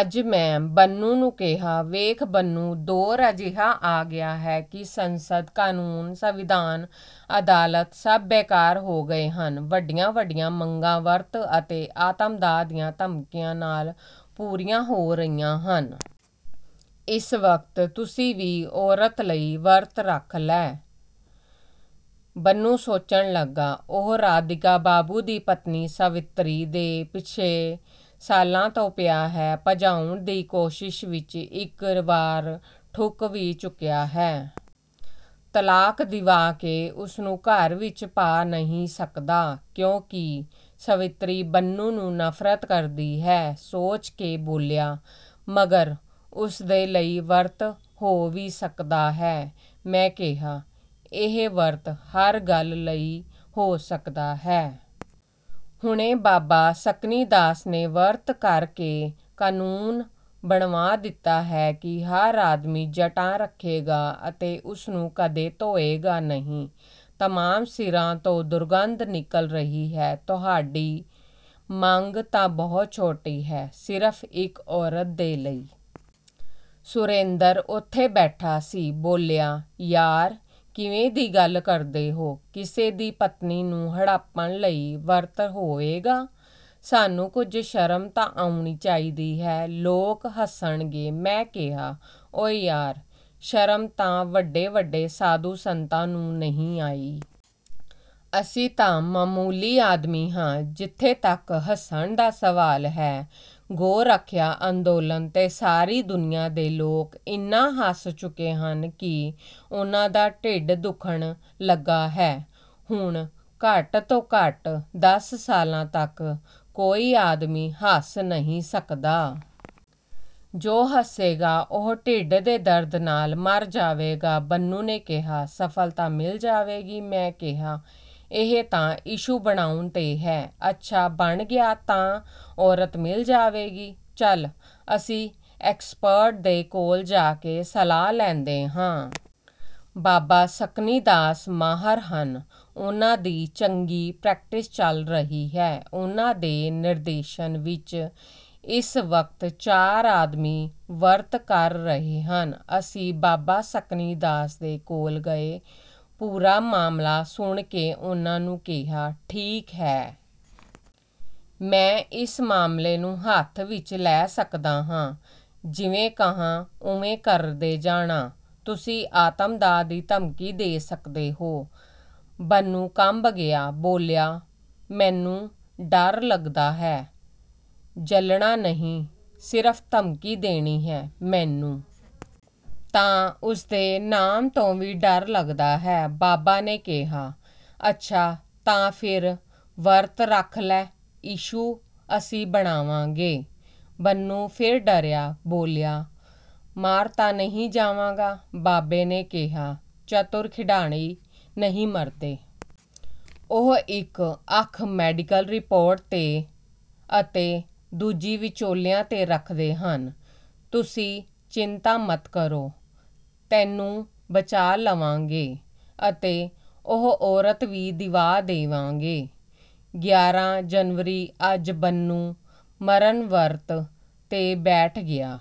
ਅੱਜ ਮੈਂ ਬੰਨੂ ਨੂੰ ਕਿਹਾ, "ਵੇਖ ਬੰਨੂ, ਦੌਰ ਅਜਿਹਾ ਆ ਗਿਆ ਹੈ ਕਿ ਸੰਸਦ, ਕਨੂੰਨ, ਸੰਵਿਧਾਨ, ਅਦਾਲਤ ਸਭ ਬੇਕਾਰ ਹੋ ਗਏ ਹਨ। ਵੱਡੀਆਂ-ਵੱਡੀਆਂ ਮੰਗਾਂ ਵਰਤ ਅਤੇ ਆਤਮਦਾਹ ਦੀਆਂ ਧਮਕੀਆਂ ਨਾਲ਼ ਪੂਰੀਆਂ ਹੋ ਰਹੀਆਂ ਹਨ। ਇਸ ਵਕਤ ਤੁਸੀਂ ਵੀ ਉਸ ਔਰਤ ਲਈ ਵਰਤ ਰੱਖ ਲੈ।" ਬੰਨੂ ਸੋਚਣ ਲੱਗਾ। ਉਹ ਰਾਧਿਕਾ ਬਾਬੂ ਦੀ ਪਤਨੀ ਸਾਵਿਤਰੀ ਦੇ ਪਿੱਛੇ ਸਾਲਾਂ ਤੋਂ ਪਿਆ ਹੈ। ਭਜਾਉਣ ਦੀ ਕੋਸ਼ਿਸ਼ ਵਿੱਚ ਇੱਕ ਵਾਰ ਠੁੱਕ ਵੀ ਚੁੱਕਿਆ ਹੈ। ਤਲਾਕ ਦਿਵਾ ਕੇ ਉਸਨੂੰ ਘਰ ਵਿੱਚ ਪਾ ਨਹੀਂ ਸਕਦਾ, ਕਿਉਂਕਿ ਸਾਵਿਤਰੀ ਬੰਨੂ ਨੂੰ ਨਫ਼ਰਤ ਕਰਦੀ ਹੈ। ਸੋਚ ਕੇ ਬੋਲਿਆ, "ਮਗਰ ਉਸਦੇ ਲਈ ਵਰਤ ਹੋ ਵੀ ਸਕਦਾ ਹੈ?" ਮੈਂ ਕਿਹਾ, "ਇਹ ਵਰਤ ਹਰ ਗੱਲ ਲਈ ਹੋ ਸਕਦਾ ਹੈ। ਹੁਣੇ ਬਾਬਾ ਸਨਕੀਦਾਸ ਨੇ ਵਰਤ ਕਰਕੇ ਕਨੂੰਨ ਬਣਵਾ ਦਿੱਤਾ ਹੈ ਕਿ ਹਰ ਆਦਮੀ ਜਟਾਂ ਰੱਖੇਗਾ ਅਤੇ ਉਸਨੂੰ ਕਦੇ ਧੋਏਗਾ ਨਹੀਂ। ਤਮਾਮ ਸਿਰਾਂ ਤੋਂ ਦੁਰਗੰਧ ਨਿਕਲ ਰਹੀ ਹੈ। ਤੁਹਾਡੀ ਮੰਗ ਤਾਂ ਬਹੁਤ ਛੋਟੀ ਹੈ, ਸਿਰਫ਼ ਇੱਕ ਔਰਤ ਦੇ ਲਈ।" ਸੁਰੇਂਦਰ ਉੱਥੇ ਬੈਠਾ ਸੀ। ਬੋਲਿਆ, "ਯਾਰ ਕਿਵੇਂ ਦੀ ਗੱਲ ਕਰਦੇ ਹੋ! ਕਿਸੇ ਦੀ ਪਤਨੀ ਨੂੰ ਹੜੱਪਣ ਲਈ ਵਰਤ ਹੋਵੇਗਾ? ਸਾਨੂੰ ਕੁੱਝ ਸ਼ਰਮ ਤਾਂ ਆਉਣੀ ਚਾਹੀਦੀ ਹੈ। ਲੋਕ ਹੱਸਣਗੇ।" ਮੈਂ ਕਿਹਾ, "ਓਏ ਯਾਰ, ਸ਼ਰਮ ਤਾਂ ਵੱਡੇ-ਵੱਡੇ ਸਾਧੂ-ਸੰਤਾਂ ਨੂੰ ਨਹੀਂ ਆਈ। ਅਸੀਂ ਤਾਂ ਮਾਮੂਲੀ ਆਦਮੀ ਹਾਂ। ਜਿੱਥੇ ਤੱਕ ਹੱਸਣ ਦਾ ਸਵਾਲ ਹੈ, ਗੋ-ਰੱਖਿਆ ਅੰਦੋਲਨ 'ਤੇ ਸਾਰੀ ਦੁਨੀਆਂ ਦੇ ਲੋਕ ਇੰਨਾ ਹੱਸ ਚੁੱਕੇ ਹਨ ਕਿ ਉਨ੍ਹਾਂ ਦਾ ਢਿੱਡ ਦੁੱਖਣ ਲੱਗਾ ਹੈ। ਹੁਣ ਘੱਟ-ਤੋਂ-ਘੱਟ ਦਸ ਸਾਲਾਂ ਤੱਕ ਕੋਈ ਆਦਮੀ ਹੱਸ ਨਹੀਂ ਸਕਦਾ। ਜੋ ਹੱਸੇਗਾ ਉਹ ਢਿੱਡ ਦੇ ਦਰਦ ਨਾਲ਼ ਮਰ ਜਾਵੇਗਾ।" ਬੰਨੂ ਨੇ ਕਿਹਾ, "ਸਫ਼ਲਤਾ ਮਿਲ ਜਾਵੇਗੀ?" ਮੈਂ ਕਿਹਾ, "ਇਹ ਤਾਂ ਇਸ਼ੂ ਬਣਾਉਣ 'ਤੇ ਹੈ। ਅੱਛਾ ਬਣ ਗਿਆ ਤਾਂ ਔਰਤ ਮਿਲ ਜਾਵੇਗੀ। ਚੱਲ, ਅਸੀਂ ਐਕਸਪਰਟ ਦੇ ਕੋਲ ਜਾ ਕੇ ਸਲਾਹ ਲੈਂਦੇ ਹਾਂ। ਬਾਬਾ ਸਨਕੀਦਾਸ ਮਾਹਰ ਹਨ। ਉਨ੍ਹਾਂ ਦੀ ਚੰਗੀ ਪ੍ਰੈਕਟਿਸ ਚੱਲ ਰਹੀ ਹੈ। ਉਨ੍ਹਾਂ ਦੇ ਨਿਰਦੇਸ਼ਨ ਵਿੱਚ ਇਸ ਵਕਤ ਚਾਰ ਆਦਮੀ ਵਰਤ ਕਰ ਰਹੇ ਹਨ।" ਅਸੀਂ ਬਾਬਾ ਸਨਕੀਦਾਸ ਦੇ ਕੋਲ ਗਏ। ਪੂਰਾ ਮਾਮਲਾ ਸੁਣ ਕੇ ਉਨ੍ਹਾਂ ਨੇ ਕਿਹਾ, "ਠੀਕ ਹੈ। ਮੈਂ ਇਸ ਮਾਮਲੇ ਨੂੰ ਹੱਥ ਵਿੱਚ ਲੈ ਸਕਦਾ ਹਾਂ। ਜਿਵੇਂ ਕਹਾਂ ਉਵੇਂ ਕਰਦੇ ਜਾਣਾ। ਤੁਸੀਂ ਆਤਮਦਾਹ ਦੀ ਧਮਕੀ ਦੇ ਸਕਦੇ ਹੋ?" ਬੰਨੂ ਕੰਬ ਗਿਆ। ਬੋਲਿਆ, "ਮੈਨੂੰ ਡਰ ਲੱਗਦਾ ਹੈ।" "ਜਲਣਾ ਨਹੀਂ ਹੈ। ਸਿਰਫ਼ ਧਮਕੀ ਦੇਣੀ ਹੈ।"ਮੈਨੂੰ ਤਾਂ ਉਸਦੇ ਨਾਮ ਤੋਂ ਵੀ ਡਰ ਲੱਗਦਾ ਹੈ।" ਬਾਬਾ ਨੇ ਕਿਹਾ, "ਅੱਛਾ ਤਾਂ ਫਿਰ ਵਰਤ ਰੱਖ ਲੈ। ਇਸ਼ੂ ਅਸੀਂ ਬਣਾਵਾਂਗੇ।" ਬੰਨੂ ਫਿਰ ਡਰਿਆ। ਬੋਲਿਆ, "ਮਰ ਤਾਂ ਨਹੀਂ ਜਾਵਾਂਗਾ।" ਬਾਬੇ ਨੇ ਕਿਹਾ, "ਚਤੁਰ ਖਿਡਾਰੀ ਨਹੀਂ ਮਰਦੇ। ਉਹ ਇੱਕ ਅੱਖ ਮੈਡੀਕਲ ਰਿਪੋਰਟ 'ਤੇ ਅਤੇ ਦੂਜੀ ਵਿਚੋਲਿਆਂ 'ਤੇ ਰੱਖਦੇ ਹਨ। ਤੁਸੀਂ ਚਿੰਤਾ ਮਤ ਕਰੋ। ਤੈਨੂੰ ਬਚਾ ਲਵਾਂਗੇ ਅਤੇ ਉਹ ਔਰਤ ਵੀ ਦਿਵਾ ਦੇਵਾਂਗੇ।" ਗਿਆਰਾ ਜਨਵਰੀ ਅੱਜ ਬੰਨੂ ਮਰਨ ਵਰਤ 'ਤੇ ਬੈਠ ਗਿਆ।